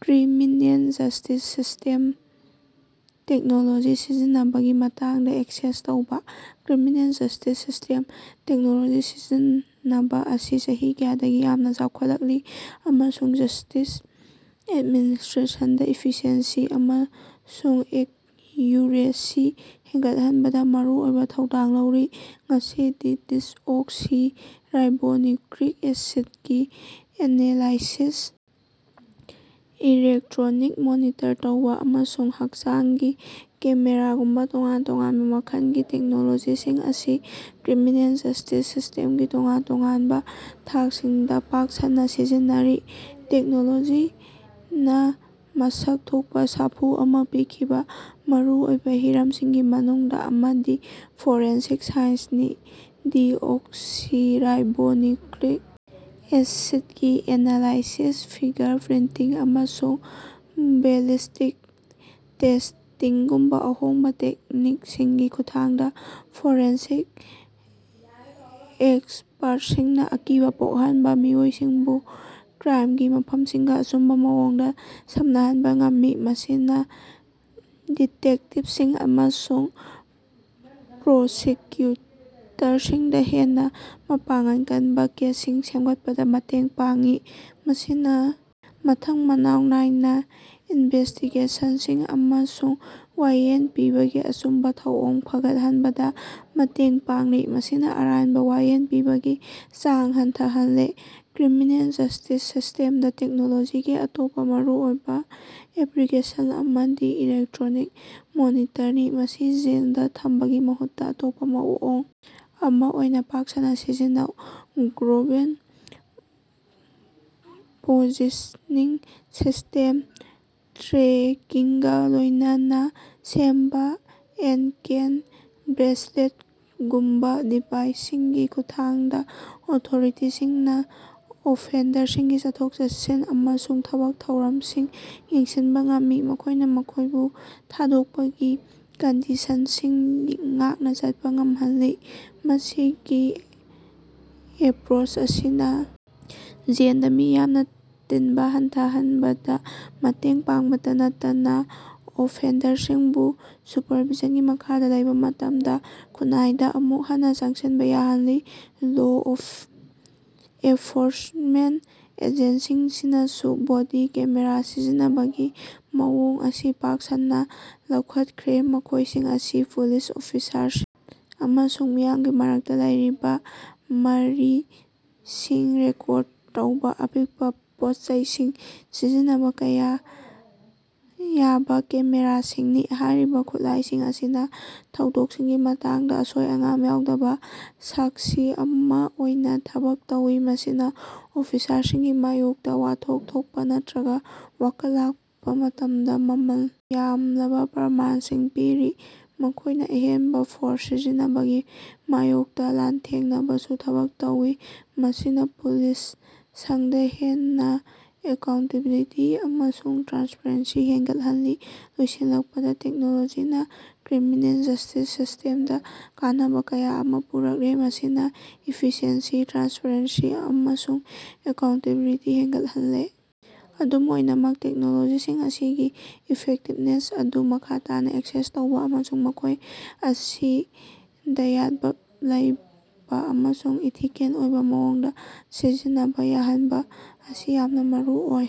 Criminal justice ꯁꯤꯁ꯭ꯇꯦꯝꯗ technology ꯁꯤꯖꯤꯟꯅꯕꯒꯤ ꯃꯇꯥꯡꯗ access ꯇꯧꯕ꯫ ꯀ꯭ꯔꯤꯃꯤꯅꯦꯜ ꯖꯁ꯭ꯇꯤꯁ ꯁꯤꯁ꯭ꯇꯦꯝꯗ ꯇꯦꯛꯅꯣꯂꯣꯖꯤ ꯁꯤꯖꯤꯟꯅꯕ ꯑꯁꯤ ꯆꯍꯤ ꯀꯌꯥꯗꯒꯤ ꯌꯥꯝꯅ ꯆꯥꯎꯈꯠꯂꯛꯂꯤ ꯑꯃꯁꯨꯡ ꯖꯁ꯭ꯇꯤꯁ ꯑꯦꯗꯃꯤꯅꯤꯁꯇ꯭ꯔꯦꯁꯟꯗ ꯏꯐꯤꯁꯤꯑꯦꯟꯁꯤ ꯑꯃꯁꯨꯡ ꯑꯦꯛꯌꯨꯔꯦꯁꯤ ꯍꯦꯟꯒꯠꯍꯟꯕꯗ ꯃꯔꯨꯑꯣꯏꯕ ꯊꯧꯗꯥꯡ ꯂꯧꯔꯤ꯫ ꯉꯁꯤꯗꯤ ꯗꯤꯁꯑꯣꯛꯁꯤꯔꯥꯏꯕꯣꯅ꯭ꯌꯨꯛꯂꯤꯛ ꯑꯦꯁꯤꯗ ꯒꯤ ꯑꯦꯅꯥꯂꯥꯏꯁꯤꯁ, ꯏꯂꯦꯛꯇꯔꯣꯅꯤꯛ ꯃꯣꯅꯤꯇꯔ ꯇꯧꯕ ꯑꯃꯁꯨꯡ ꯍꯛꯆꯥꯡꯒꯤ ꯀꯦꯃꯦꯔꯥꯒꯨꯝꯕꯥ ꯇꯣꯉꯥꯟ ꯇꯣꯉꯥꯟꯕ ꯃꯈꯜꯒꯤ ꯇꯦꯛꯅꯣꯂꯣꯖꯤꯁꯤꯡ ꯑꯁꯤ ꯀ꯭ꯔꯤꯃꯤꯅꯦꯜ ꯖꯁ꯭ꯇꯤꯁ ꯁꯤꯁ꯭ꯇꯦꯝꯒꯤ ꯇꯣꯉꯥꯟ ꯇꯣꯉꯥꯟꯕ ꯊꯥꯛꯁꯤꯡꯗ ꯄꯥꯛ ꯁꯟꯅ ꯁꯤꯖꯤꯟꯅꯔꯤ꯫ ꯇꯦꯛꯅꯣꯂꯣꯖꯤꯅ ꯃꯁꯛ ꯊꯣꯛꯄ ꯁꯥꯐꯨ ꯑꯃ ꯄꯤꯈꯤꯕ ꯃꯔꯨ ꯑꯣꯏꯕ ꯍꯤꯔꯝꯁꯤꯡꯒꯤ ꯃꯅꯨꯡꯗ ꯑꯃꯗꯤ ꯐꯣꯔꯦꯟꯁꯤꯛ ꯁꯥꯏꯟꯁꯅꯤ꯫ꯗꯤꯑꯣꯛꯁꯤꯔꯥꯏꯕꯣꯅ꯭ꯌꯨꯛꯂꯤꯛ ꯑꯦꯁꯤꯗꯒꯤ ꯑꯦꯅꯥꯂꯥꯏꯁꯤꯁ, ꯐꯤꯒꯔ ꯄ꯭ꯔꯤꯟꯇꯤꯡ, ꯑꯃꯁꯨꯡ ꯕꯦꯂꯤꯁ꯭ꯇꯤꯛ ꯇꯦꯁ꯭ꯇꯤꯡꯒꯨꯝꯕ ꯑꯍꯣꯡꯕ ꯇꯦꯛꯅꯤꯛꯁꯤꯡꯒꯤ ꯈꯨꯠꯊꯥꯡꯗ ꯐꯣꯔꯦꯟꯁꯤꯛ ꯑꯦꯛꯁꯄꯔꯇꯁꯤꯡꯅ ꯑꯀꯤꯕ ꯄꯣꯛꯍꯟꯕ ꯃꯤꯑꯣꯏꯁꯤꯡꯕꯨ ꯀ꯭ꯔꯥꯏꯃꯒꯤ ꯃꯐꯝꯁꯤꯡꯒ ꯑꯆꯨꯝꯕ ꯃꯑꯣꯡꯗ ꯁꯝꯅꯍꯟꯕ ꯉꯝꯃꯤ꯫ ꯃꯁꯤꯅ ꯗꯤꯇꯦꯛꯇꯤꯚꯁꯤꯡ ꯑꯃꯁꯨꯡ ꯄ꯭ꯔꯣꯁꯤꯛꯀ꯭ꯌꯨꯇꯔꯁꯤꯡꯗ ꯍꯦꯟꯅ ꯃꯄꯥꯡꯒꯜ ꯀꯟꯕ ꯀꯦꯁꯁꯤꯡ ꯁꯦꯝꯒꯠꯄꯗ ꯃꯇꯦꯡ ꯄꯥꯡꯏ꯫ ꯃꯁꯤꯅ ꯃꯊꯪ ꯃꯅꯥꯎ ꯅꯥꯏꯅ ꯏꯟꯚꯦꯁ꯭ꯇꯤꯒꯦꯁꯟꯁꯤꯡ ꯑꯃꯁꯨꯡ ꯋꯥꯌꯦꯜ ꯄꯤꯕꯒꯤ ꯑꯆꯨꯝꯕ ꯊꯧꯑꯣꯡ ꯐꯒꯠꯍꯟꯕꯗ ꯃꯇꯦꯡ ꯄꯥꯡꯂꯤ꯫ ꯃꯁꯤꯅ ꯑꯔꯥꯟꯕ ꯋꯥꯌꯦꯜ ꯄꯤꯕꯒꯤ ꯆꯥꯡ ꯍꯟꯊꯍꯜꯂꯦ꯫ ꯀ꯭ꯔꯤꯃꯤꯅꯦꯜ ꯖꯁ꯭ꯇꯤꯁ ꯁꯤꯁ꯭ꯇꯦꯝꯗ ꯇꯦꯛꯅꯣꯂꯣꯖꯤꯒꯤ ꯑꯇꯣꯞꯄ ꯃꯔꯨꯑꯣꯏꯕ ꯑꯦꯞꯂꯤꯀꯦꯁꯟ ꯑꯃꯗꯤ ꯏꯂꯦꯛꯇꯔꯣꯅꯤꯛ ꯃꯣꯅꯤꯇꯔꯅꯤ꯫ꯃꯁꯤ ꯖꯦꯜꯗ ꯊꯝꯕꯒꯤ ꯃꯍꯨꯠꯇ ꯑꯇꯣꯞꯄ ꯃꯑꯣꯡ ꯑꯃ ꯑꯣꯏꯅ ꯄꯥꯛ ꯁꯟꯅ ꯁꯤꯖꯤꯟꯅꯧ꯫ ꯒ꯭ꯔꯣꯕꯦꯟ ꯄꯣꯖꯤꯁꯅꯤꯡ ꯁꯤꯁ꯭ꯇꯦꯝ ꯇ꯭ꯔꯦꯀꯤꯡꯒ ꯂꯣꯏꯅꯅ ꯁꯦꯝꯕ ꯑꯦꯟꯀꯦꯟ ꯕ꯭ꯔꯦꯁꯂꯦꯠꯒꯨꯝꯕ ꯗꯤꯚꯥꯏꯁꯁꯤꯡꯒꯤ ꯈꯨꯠꯊꯥꯡꯗ ꯑꯣꯊꯣꯔꯤꯇꯤꯁꯤꯡꯅ ꯑꯣꯐꯦꯟꯗꯔꯁꯤꯡꯒꯤ ꯆꯠꯊꯣꯛ-ꯆꯠꯁꯤꯟ ꯑꯃꯁꯨꯡ ꯊꯕꯛ ꯊꯧꯔꯝꯁꯤꯡ ꯌꯦꯡꯁꯤꯟꯕ ꯉꯝꯃꯤ꯫ ꯃꯈꯣꯏꯅ ꯃꯈꯣꯏꯕꯨ ꯊꯥꯗꯣꯛꯄꯒꯤ ꯀꯟꯗꯤꯁꯟꯁꯤꯡ ꯉꯥꯛꯅ ꯆꯠꯄ ꯉꯝꯍꯜꯂꯤ꯫ ꯃꯁꯤꯒꯤ ꯑꯦꯄꯔꯣꯁ ꯑꯁꯤꯅꯥ, ꯖꯦꯟꯗ ꯃꯤ ꯌꯥꯝꯅ ꯇꯤꯟꯕ ꯍꯟꯊꯍꯟꯕꯗ ꯃꯇꯦꯡ ꯄꯥꯡꯕꯇ ꯅꯠꯇꯅ ꯑꯣꯐꯦꯟꯗꯔꯁꯤꯡꯕꯨ ꯁꯨꯄꯔꯚꯤꯖꯟꯒꯤ ꯃꯈꯥꯗ ꯂꯩꯕ ꯃꯇꯝꯗ ꯈꯨꯟꯅꯥꯏꯗ ꯑꯃꯨꯛ ꯍꯟꯅꯥ ꯆꯪꯁꯤꯟꯕ ꯌꯥꯍꯜꯂꯤ꯫ ꯂꯣ ꯑꯦꯐꯣꯔꯁꯃꯦꯟꯇ ꯑꯦꯖꯦꯟꯁꯤꯁꯤꯡꯅꯁꯨ ꯕꯣꯗꯤ ꯀꯦꯃꯦꯔꯥ ꯁꯤꯖꯤꯟꯅꯕꯒꯤ ꯃꯑꯣꯡ ꯑꯁꯤ ꯄꯥꯛ ꯁꯟꯅ ꯂꯧꯈꯠꯈ꯭ꯔꯦ꯫ ꯃꯈꯣꯏꯁꯤꯡ ꯑꯁꯤ ꯄꯨꯂꯤꯁ ꯑꯣꯐꯤꯁꯔꯁꯤꯡ ꯑꯃꯁꯨꯡ ꯃꯤꯌꯥꯝꯒꯤ ꯃꯔꯛꯇ ꯂꯩꯔꯤꯕ ꯃꯔꯤꯁꯤꯡ ꯔꯦꯀꯣꯔꯗ ꯇꯧꯕ ꯑꯄꯤꯛꯄ ꯄꯣꯠꯆꯩꯁꯤꯡ ꯁꯤꯖꯤꯟꯅꯕ ꯌꯥꯕ ꯀꯦꯃꯦꯔꯥꯁꯤꯡꯅꯤ꯫ ꯍꯥꯏꯔꯤꯕ ꯈꯨꯠꯂꯥꯏꯁꯤꯡ ꯑꯁꯤꯅ ꯊꯧꯗꯣꯛꯁꯤꯡꯒꯤ ꯃꯇꯥꯡꯗ ꯑꯁꯣꯏ-ꯑꯉꯥꯝ ꯌꯥꯎꯗꯕ ꯁꯥꯛꯁꯤ ꯑꯃ ꯑꯣꯏꯅ ꯊꯕꯛ ꯇꯧꯏ꯫ꯃꯁꯤꯅ ꯑꯣꯐꯤꯁꯔꯁꯤꯡꯒꯤ ꯃꯥꯌꯣꯛꯇ ꯋꯥꯊꯣꯛ ꯊꯣꯛꯄ ꯅꯠꯇꯔꯒ ꯋꯥꯀꯠ ꯂꯥꯛꯄ ꯃꯇꯝꯗ ꯃꯃꯜ ꯌꯥꯝꯂꯕ ꯄ꯭ꯔꯃꯥꯟꯁꯤꯡ ꯄꯤꯔꯤ꯫ ꯃꯈꯣꯏꯅ ꯑꯍꯦꯟꯕ ꯐꯣꯔꯁ ꯁꯤꯖꯤꯟꯅꯕꯒꯤ ꯃꯥꯌꯣꯛꯇ ꯂꯥꯟꯊꯦꯡꯅꯕꯁꯨ ꯊꯕꯛ ꯇꯧꯏ꯫ꯃꯁꯤꯅ ꯄꯨꯂꯤꯁ ꯁꯡꯗ ꯍꯦꯟꯅ ꯑꯦꯀꯥꯎꯟꯇꯦꯕꯤꯂꯤꯇꯤ ꯑꯃꯁꯨꯡ ꯇ꯭ꯔꯥꯟꯁꯄꯔꯦꯟꯁꯤ ꯍꯦꯟꯒꯠꯍꯜꯂꯤ꯫ ꯂꯣꯏꯁꯤꯜꯂꯛꯄꯗ ꯇꯦꯛꯅꯣꯂꯣꯖꯤꯅꯥ ꯀ꯭ꯔꯤꯃꯤꯅꯦꯜ ꯖꯁ꯭ꯇꯤꯁ ꯁꯤꯁ꯭ꯇꯦꯝꯗ ꯀꯥꯟꯅꯕ ꯀꯌꯥ ꯑꯃ ꯄꯨꯔꯛꯂꯦ ꯃꯁꯤꯅ ꯏꯐꯤꯁꯤꯑꯦꯟꯁꯤ, ꯇ꯭ꯔꯥꯟꯁꯄꯔꯦꯟꯁꯤ ꯑꯃꯁꯨꯡ ꯑꯦꯀꯥꯎꯟꯇꯦꯕꯤꯂꯤꯇꯤ ꯍꯦꯟꯒꯠꯍꯜꯂꯦ꯫ ꯑꯗꯨꯝ ꯑꯣꯏꯅꯃꯛ, ꯇꯦꯛꯅꯣꯂꯣꯖꯤꯁꯤꯡ ꯑꯁꯤꯒꯤ ꯏꯐꯦꯛꯇꯤꯕꯅꯦꯁ ꯑꯗꯨ ꯃꯈꯥ ꯇꯥꯅꯥ ꯑꯦꯛꯁꯦꯁ ꯇꯧꯕ ꯑꯃꯁꯨꯡ ꯃꯈꯣꯏ ꯑꯁꯤ ꯗꯥꯌꯠꯕ ꯂꯩꯕ ꯑꯃꯁꯨꯡ ꯏꯊꯤꯀꯦꯜ ꯑꯣꯏꯕ ꯃꯑꯣꯡꯗ ꯁꯤꯖꯤꯟꯅꯕ ꯌꯥꯍꯟꯕ ꯑꯁꯤ ꯌꯥꯝꯅ ꯃꯔꯨꯑꯣꯏ꯫